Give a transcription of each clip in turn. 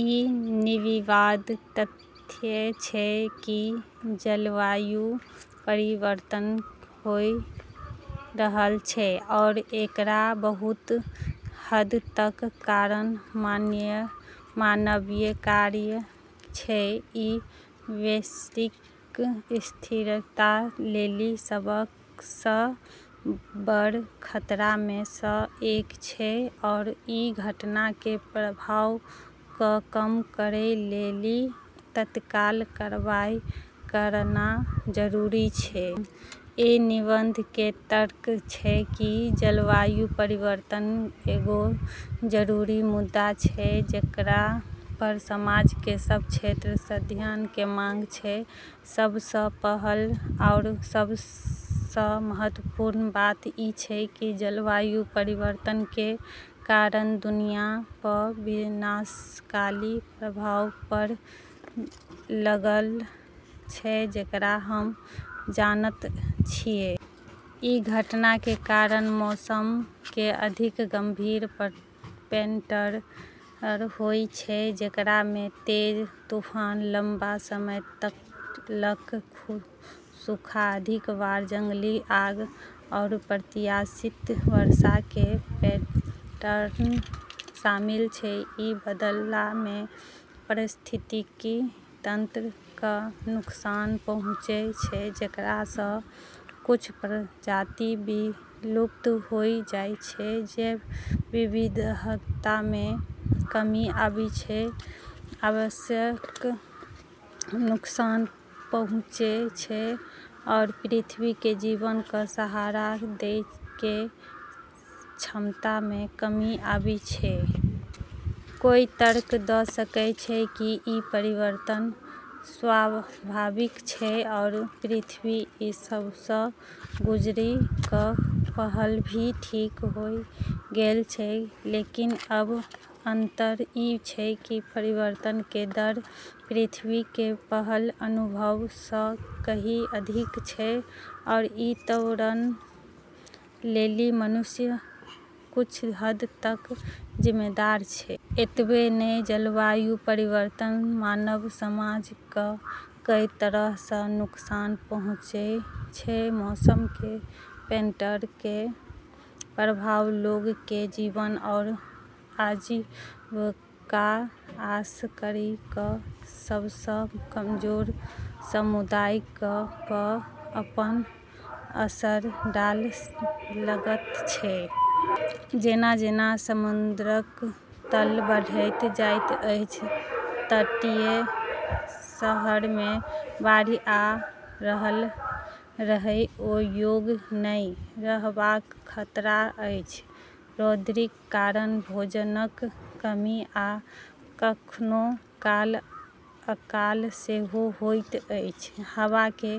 ई निर्विवाद तथ्य छै कि जलवायु परिवर्तन होय रहल छै आरू एकरा बहुत हद तक कारण मानवीय कार्य छै। ई वैश्विक स्थिरता लेली सबस बड़ खतरा मे स एक छै, आरू ई घटना के प्रभाव क कम करै लेली तत्काल कार्रवाई करना जरूरी छै। ई निबंध के तर्क छै कि जलवायु परिवर्तन एगो जरूरी मुद्दा छै जेकरा पर समाज के सब क्षेत्र स ध्यान के मांग छै। सबस पहल आरू सबस महत्वपूर्ण बात ई छै कि जलवायु परिवर्तन के कारण दुनिया प विनाशकारी प्रभाव पड़ लगल छै जेकरा हम जानत छियै। ई घटना के कारण मौसम के अधिक गंभीर पैटर्न होय छै, जेकरा मे तेज तूफान, लंबा समय तलक सूखा, अधिक बार जंगली आग, आरू अप्रत्याशित वर्षा के पैटर्न शामिल छै। ई बदला मे पारिस्थितिकी तंत्र क नुकसान पहुँचै छै, जेकरा स कुछ प्रजाति विलुप्त होय जाय छै, जैव विविधता मे कमी आबै छै, आवास क नुकसान पहुँचै छै आरू पृथ्वी के जीवन क सहारा दै के क्षमता मे कमी आबै छै। कोय तर्क द सकै छै कि ई परिवर्तन स्वाभाविक छै, आरू पृथ्वी ई सब स गुजरी क पहल भी ठीक होय गेल छै। लेकिन, अब अंतर ई छै कि परिवर्तन के दर पृथ्वी के पहल अनुभव स कहीं अधिक छै आरू ई त्वरण लेली मनुष्य कुछ हद तलक जिम्मेदार छै। एतबे नै जलवायु परिवर्तन मानव समाज क कई तरह स नुकसान पहुँचै छै। मौसम के पैटर्न के प्रभाव लोग के जीवन आरू आजीविका खास करी क सबस कमजोर समुदाय प अपन असर डाल लगल छै। जेना-जेना समुद्रक तल बढ़ैत जायत अछि, तटीय शहर मे बाढ़ि आ रहय योग्य नहिं रहबाक खतरा अछि। रौदीक कारण भोजनक कमी आ कखनो काल अकाल सेहो होइत अछि। हवा के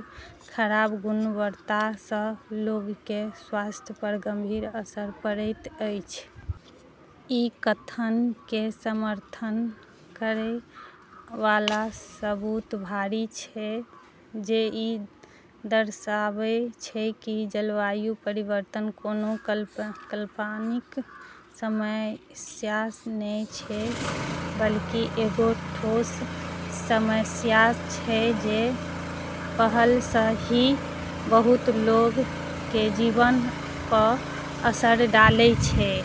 खराब गुणवत्ता सं लोक के स्वास्थ्य पर गंभीर असर पड़ैत अछि। ई कथन के समर्थन करै वाला सबूत भारी छै, जे ई दर्शाबै छै कि जलवायु परिवर्तन कोनो काल्पनिक समस्या नै छै, बल्कि एगो ठोस समस्या छै जे पहल स ही बहुत लोग के जीवन प असर डालै छै।